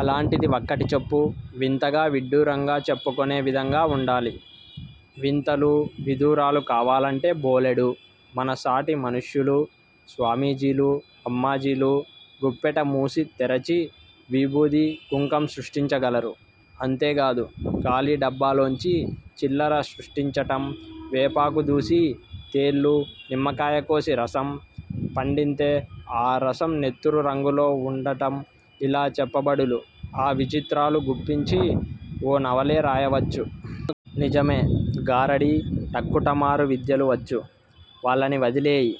అలాంటిది వక్కటిచెప్పు! వింతగా విడ్డూరంగా చెప్పుకునే విధంగా వుండాలి. వింతలు విదూరాలూ కావాలంటే బోలెడు. మన సాటి మనుష్యులు స్వామీజీలు అమ్మాజీలు గుప్పెట మూసి తెరచి విబూది కుంకంసృష్టించగలరు. అంతేగాదు. ఖాళీ డబ్బాలోంచి చిల్లర సృష్టించటం, వేపాకు దూసి తేళ్ళు నిమ్మకాయ కోసి రసం పండింతే ఆ రసం నెత్తురు రంగులో వుండటం ఇలా చెప్పబడులు ఆ విచిత్రాలు గుప్పించి ఓ నవలే రాయవచ్చు. నిజమే గారడీ టక్కుటమారు విద్యలు వచ్చు. వాళ్ళని వదిలెయ్యి.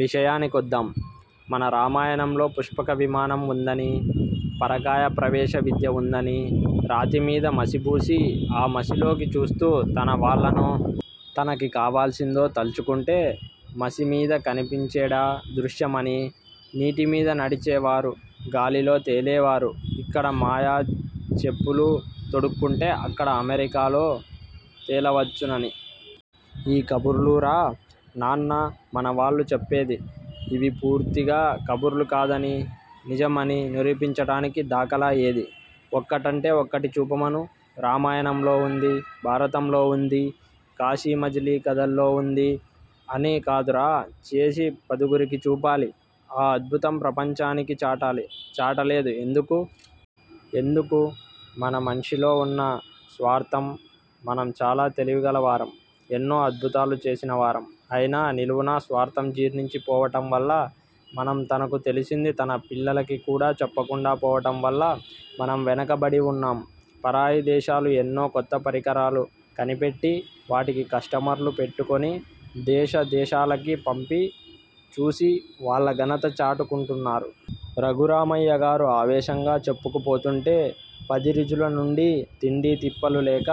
విషయానికొద్దాం మన రామాయణంలో పుష్పక విమానం వుందని. పరకాయ ప్రవేశ విద్య వుందని రాతిమీద మసిబూసి ఆ మసిలోకి చూస్తూ తన వాళ్ళనో. తనకి కావాల్సిందో తల్చుకుంటే మసి మీద కనిపించేడా దృశ్యం అనీ, నీటి మీద నడిచే వారు గాలిలో తేలేవారు, ఇక్కడ మాయా చెప్పులు తొడుక్కుంటే అక్కడ అమెరికాలో తెలవచ్చుననీ. ఈ కబుర్లురా నాన్నా మన వాళ్ళు చెప్పేది ఇవి పూర్తిగా కబుర్లు కాదని నిజం అని నిరూపించటానికి దాఖలా ఏది? ఒక్కటంటే ఒక్కటి చూపమను! రామాయణంలో వుంది. భారతంలో వుంది. కాశీమజిలీ కధల్లో వుంది అని కాదురా చేసి పదుగురికి చూపాలి. ఆ అద్భుతం ప్రపంచానికి చాటాలి చటలేదు ఎందుకు? ఎందుకు? మన మంశిలో వున్న స్వార్దం మనం చాలా తెలివిగల వారం. ఎన్నో అద్భుతాలు చేసిన వారం, అయినా నిలువునా స్వార్దం జీర్ణించి పోవటం వల్ల మనం తనకు తెలిసింది తన పిల్లలకి కూడా చెప్పకుండా పోవటం వల్ల మనం వెనక బడి వున్నాం పరాయిదేశాలు ఎన్నో కొత్తపరికరాలు కనిపెట్టి వాటికి కస్టమర్లు పెట్టుకుని దేశ దేశాలకి పంపి చూసి వాళ్ళ ఘనత చాటు కుంటున్నారు రఘురామయ్యగారు ఆవేశంగా చెప్పుకు పోతుంటే పదిరిజుల నుండి తిండీ తిప్పలూ లేక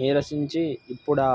నీరసించి ఇప్పుడా!